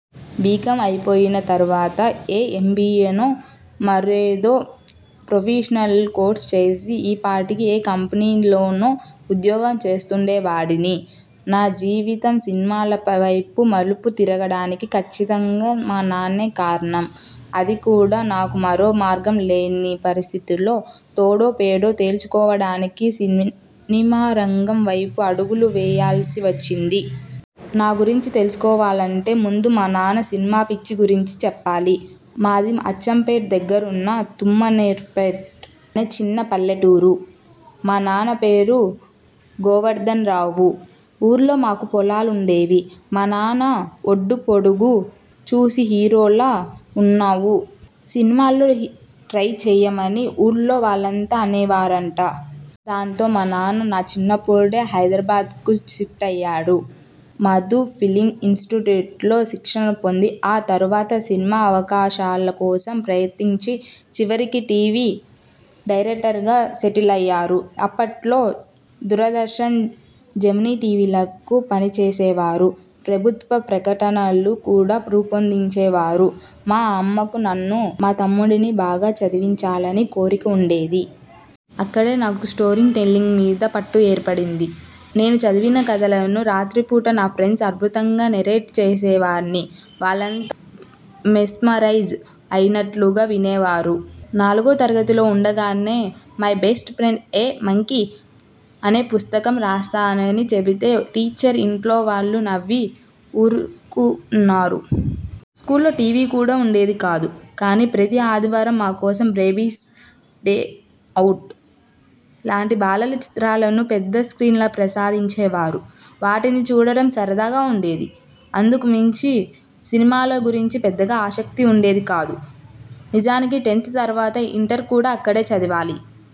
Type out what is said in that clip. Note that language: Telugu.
బీకామ్ అయిపోయిన తర్వాత ఏ ఎంబీయేనో, మరేదో ప్రొఫెషనల్ కోర్స్ చేసి ఈపాటికి ఏ కంపెనీలోనో ఉద్యోగం చేస్తుండేవాడిని. నా జీవితం సినిమాలవైపు మలుపు తిరగడానికి కచ్చితంగా మా నాన్నే కారణం. అది కూడా నాకు మరో మార్గం లేని పరిస్థితుల్లో, తుడో పేడో తేల్చుకోవడానికి సినిమారంగం వైపు అడుగులు వేయాల్సి వచ్చింది. నా గురించి తెలుసుకోవాలంటే ముందు మా నాన్న 'సినిమాపిచ్చి' గురించి చెప్పాలి. మాది అచ్చంపేట్ దగ్గరున్న తుమ్మనేపేట్ అనే చిన్న పల్లెటూరు. మా నాన్న పేరు గోవర్దన్రావు. ఊళ్లో మాకు పొలాలుండేవి. మా నాన్న ఒడ్డూపొడుగు చూసి 'హీరోల ఉన్నావు సినిమాల్లో ట్రై చేయమ'ని ఊళ్లో వాళ్లంతా అనేవారంట. దాంతో మా నాన్న నా చిన్నప్పుడే హైదరాబాద్కు షిఫ్ట్ అయ్యాడు. మధు ఫిల్మ్ ఇనిస్టిట్యూటేట్లో శిక్షణ పొంది ఆ తర్వాత సినిమా అవకాశాల కోసం ప్రయత్నించి చివరికి టీవీ డైరెక్టర్గా సెటిలయ్యారు. అప్పట్లో దూరదర్శన్, జెమినీ టీవీలకు పనిచేసేవారు. ప్రభుత్వ ప్రకటనలు కూడా రూపొందించేవారు. మా అమ్మకు నన్ను, మా తమ్ముడిని బాగా చదివించాలని కోరిక ఉండేది. అక్కడే నాకు స్టోరీ టెల్లింగ్ మీద పట్టు ఏర్పడింది. నేను చదివిన కథలను రాత్రిపూట నా ఫ్రెండ్స్ అద్భుతంగా నెరేట్ చేసేవాణ్ణి. వాళ్లంతా మెస్మరైజ్ అయినట్లుగా వినేవారు. నాలుగో తరగతిలో ఉండగానే 'my best friend a monkey' అనే పుస్తకం రాస్తానని చెబితే టీచర్, ఇంట్లోవాళ్లు నవ్వి ఊరుకున్నారు. స్కూల్లో టీవీ కూడా ఉండేది కాదు. కానీ ప్రతీ ఆదివారం మా కోసం 'బేబీస్ డే అవుట్' లాంటి బాలల చిత్రాలను పెద్ద స్ర్కీన్ల ప్రసాదించేవారు. వాటిని చూడటం సరదాగా ఉండేది. అందుకుమించి సినిమాల గురించి పెద్దగా ఆసక్తి ఉండేది కాదు. నిజానికి టెన్త్ తర్వాత ఇంటర్ కూడా అక్కడే చదవాలి.